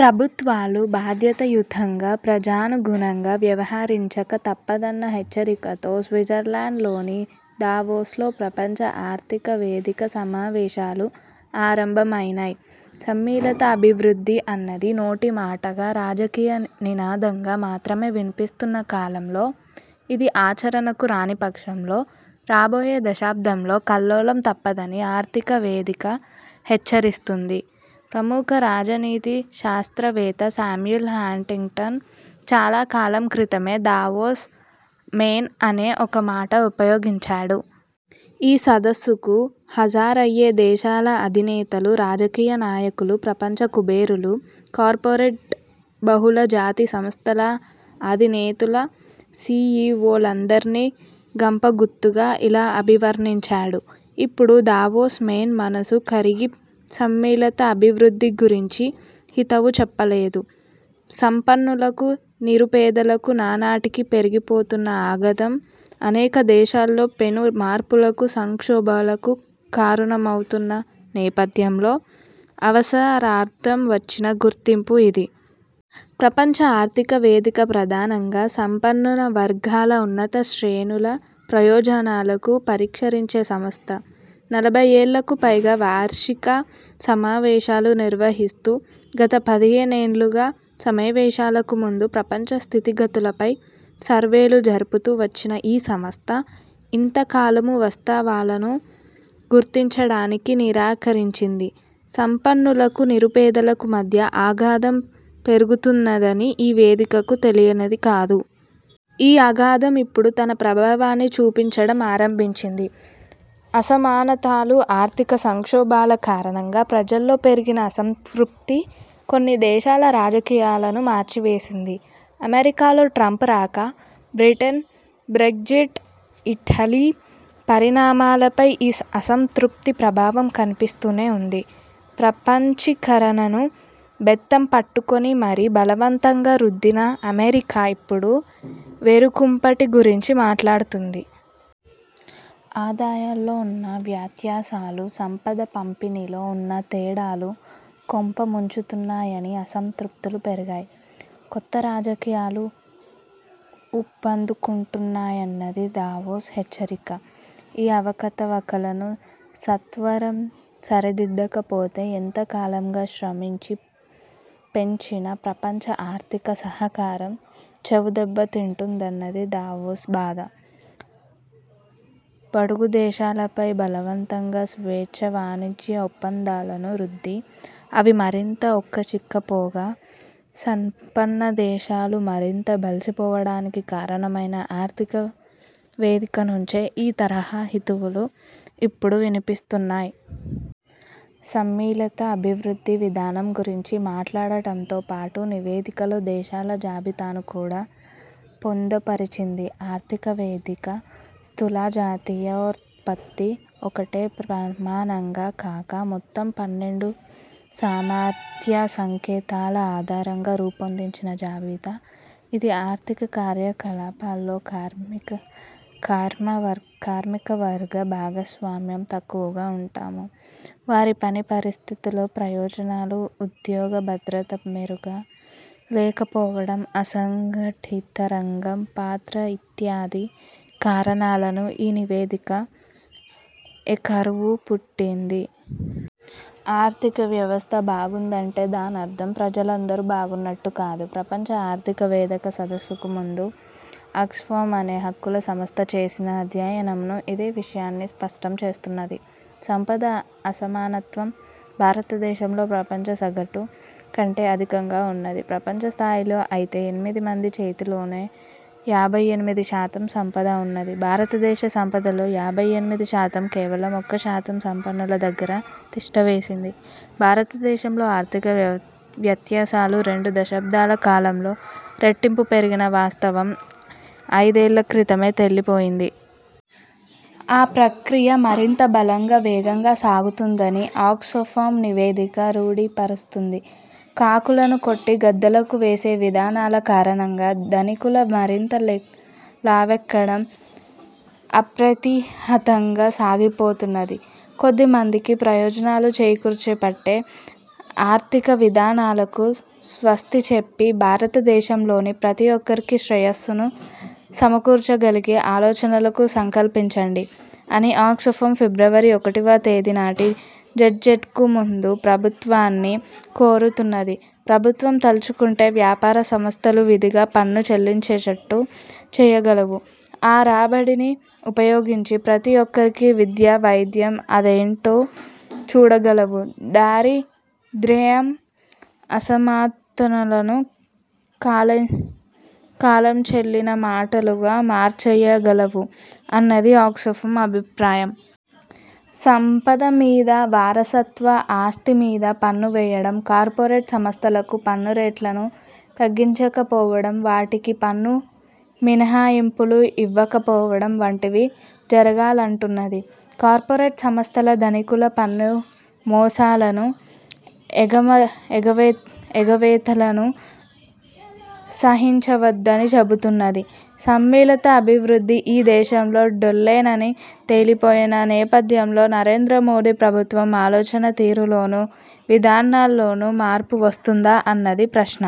ప్రభుత్వాలు బాధ్యతాయుతంగా, ప్రజానుగుణంగా వ్యవహరించక తప్పదన్న హెచ్చరికతో స్విట్జర్లాండ్లోని దావోస్లో ప్రపంచ ఆర్థికవేదిక సమావేశాలు ఆరంభమైనాయి. 'సమ్మిళిత అభివృద్ధి' అన్నది నోటిమాటగా, రాజకీయ నినాదంగా మాత్రమే వినిపిస్తున్న కాలంలో, ఇది ఆచరణకు రానిపక్షంలో రాబోయే దశాబ్దంలో కల్లోలం తప్పదని ఆర్థికవేదిక హెచ్చరిస్తున్నది. ప్రముఖ రాజనీతి శాస్త్రవేత్త సామ్యూల్ హంటింగ్టన్ చాలాకాలం క్రితమే 'దావోస్ మేన్' అనే ఓ మాట ఉపయోగించాడు. ఈ సదస్సుకు హాజరయ్యే దేశాల అధినేతలు, రాజకీయ నాయకులు, ప్రపంచ కుబేరులు, కార్పొరేట్, బహుళజాతి సంస్థల అధినేతలూ, సీఈవోలందరినీ గంపగుత్తగా ఇలా అభివర్ణించాడు. ఇప్పుడు 'దావోస్ మేన్' మనసు కరిగి సమ్మిళిత అభివృద్ధి గురించి హితవు చెప్పలేదు. సంపన్నులకూ, నిరుపేదలకూ నానాటికీ పెరిగిపోతున్న అగాధం అనేక దేశాల్లో పెను మార్పులకు, సంక్షోభాలకు కారణమవుతున్న నేపథ్యంలో అవసరార్థం వచ్చిన గుర్తింపు ఇది. ప్రపంచ ఆర్థిక వేదిక ప్రధానంగా సంపన్నవర్గాల, ఉన్నత శ్రేణుల ప్రయోజనాలను పరిరక్షించే సంస్థ. నలభైయ్యేళ్ళకు పైగా వార్షిక సమావేశాలు నిర్వహిస్తూ, గత పదిపన్నెండేళ్ళుగా సమావేశాలకు ముందు ప్రపంచ స్థితిగతులపై సర్వేలు జరుపుతూ వచ్చిన ఈ సంస్థ ఇంతకాలమూ వాస్తవాలను గుర్తించడానికి నిరాకరించింది. సంపన్నులకూ, నిరుపేదలకూ మధ్య ఆగాధం పెరుగుతున్నదని ఈ వేదికకు తెలియనిది కాదు. ఈ అగాధం ఇప్పుడు తన ప్రభావాన్ని చూపించడం ఆరంభించింది. అసమానతలు, ఆర్థిక సంక్షోభాల కారణంగా ప్రజల్లో పెరిగిన అసంతృప్తి కొన్ని దేశాల రాజకీయాలను మార్చివేసింది. అమెరికాలో ట్రంప్ రాక, బ్రిటన్ బ్రెగ్జిట్, ఇటలీ పరిణామాలపై ఈ అసంతృప్తి ప్రభావం కనిపిస్తూనే ఉన్నది. ప్రపంచీకరణను బెత్తంపట్టుకొని మరీ బలవంతంగా రుద్దిన అమెరికా ఇప్పుడు వేరుకుంపటి గురించి మాట్లాడుతోంది. ఆదాయాల్లో ఉన్న వ్యత్యాసాలు, సంపద పంపిణీలో ఉన్న తేడాలు కొంప ముంచుతున్నాయనీ, అసంతృప్తులు పెరిగిపోయి కొత్త రాజకీయాలు ఊపందుకుంటున్నాయన్నది దావోస్ హెచ్చరిక. ఈ అవకతవకలను సత్వరం సరిదిద్దకపోతే ఎంతోకాలంగా శ్రమించి పెంచిన ప్రపంచ ఆర్థిక సహకారం చావుదెబ్బ తింటుందన్నది దావోస్ బాధ. బడుగుదేశాలపై బలవంతంగా స్వేచ్ఛావాణిజ్య ఒప్పందాలను రుద్ది, అవి మరింత బక్కచిక్కిపోగా సంపన్నదేశాలు మరింత బలిసిపోవడానికి కారణమైన ఆర్థిక వేదికనుంచే ఈ తరహా హితవులు ఇప్పుడు వినిపిస్తున్నాయి. 'సమ్మిళిత అభివృద్ధి' విధానం గురించి మాట్లాడటంతో పాటు నివేదికలో దేశాల జాబితాను కూడా పొందుపరచింది ఆర్థిక వేదిక. స్థూలజాతీయోత్పత్తి ఒక్కటే ప్రమాణంగా కాక, మొత్తం పన్నెండు సామర్థ్యసంకేతాల ఆధారంగా రూపొందించిన జాబితా ఇది ఆర్థిక కార్యకలాపాల్లో కార్మికవర్గ భాగస్వామ్యం తక్కువగా ఉండటమూ, వారి పనిపరిస్థితులు, ప్రయోజనాలు, ఉద్యోగభద్రత మెరుగ్గా లేకపోవడం, అసంఘటితరంగం పాత్ర ఇత్యాది కారణాలను ఈ నివేదిక ఏకరువుపెట్టింది. ఆర్థికవ్యవస్థ బాగున్నదంటే దానర్థం ప్రజలందరూ బాగున్నట్టు కాదు. ప్రపంచ ఆర్థిక వేదిక సదస్సుకు ముందు ఆక్స్ఫామ్ అనే హక్కుల సంస్థ చేసిన అధ్యయనమూ ఇదే విషయాన్ని స్పష్టం చేస్తున్నది. సంపద అసమానత్వం భారతదేశంలో ప్రపంచసగటు కంటే అధికంగా ఉన్నది. ప్రపంచస్థాయిలో అయితే ఎనిమిదిమంది చేతిలోనే యాభై ఎనిమిది శాతం సంపద ఉన్నది భారతదేశ సంపదలో యాభై ఎనిమిది శాతం కేవలం ఒక్క శాతం సంపన్నుల దగ్గర తిష్టవేసింది భారతదేశంలో ఆర్థిక వ్యత్యాసాలు రెండు దశాబ్దాల కాలంలో రెట్టింపు పెరిగిన వాస్తవం ఐదేళ్ళక్రితమే తేలిపోయింది. ఆ ప్రక్రియ మరింత బలంగా వేగంగా సాగుతున్నదని ఆక్స్ఫామ్ నివేదిక రూఢీ పరుస్తున్నది. కాకులను కొట్టి గద్దలకు వేసే విధానాల కారణంగా ధనికులు మరింత లావెక్కడం అప్రతిహతంగా సాగిపోతున్నది. కొద్దిమందికి ప్రయోజనాలు చేకూర్చిపెట్టే ఆర్థికవిధానాలకు స్వస్తిచెప్పి భారతదేశంలోని ప్రతి ఒక్కరికీ శ్రేయస్సును సమకూర్చగలిగే ఆలోచనలకు సంకల్పించండి అని ఆక్స్ఫామ్ ఫిబ్రవరి ఒకటివ తేదీనాటి బడ్జెట్కు ముందు ప్రభుత్వాన్ని కోరుతున్నది ప్రభుత్వం తలచుకుంటే వ్యాపార సంస్థలు విధిగా పన్ను చెల్లించేట్టు చేయగలవు, ఆ రాబడిని ఉపయోగించి ప్రతి ఒక్కరికీ విద్య, వైద్యం అందేట్టు చూడగలవు, దారిద్ర్యం, అసమానతలను కాలంచెల్లిన మాటలుగా మార్చేయగలవు అన్నది ఆక్స్ఫామ్ అభిప్రాయం. సంపదమీద, వారసత్వ ఆస్తిమీద పన్ను వేయడం, కార్పొరేట్ సంస్థలకు పన్ను రేట్లను తగ్గించకపోవడం, వాటికి పన్ను మినహాయింపులు ఇవ్వకపోవడం వంటివి జరగాలంటున్నది. కార్పొరేట్ సంస్థల, ధనికుల పన్నుమోసాలనూ ఎగవేతలనూ ఎగవేతలను సహించవద్దని చెబుతున్నది. సమ్మిళిత అభివృద్ధి ఈ దేశంలో డొల్లేనని తేలిపోయిన నేపథ్యంలో నరేంద్రమోదీ ప్రభుత్వం ఆలోచనాతీరులోనూ, విధానాల్లోనూ మార్పువస్తుందా అన్నది ప్రశ్న.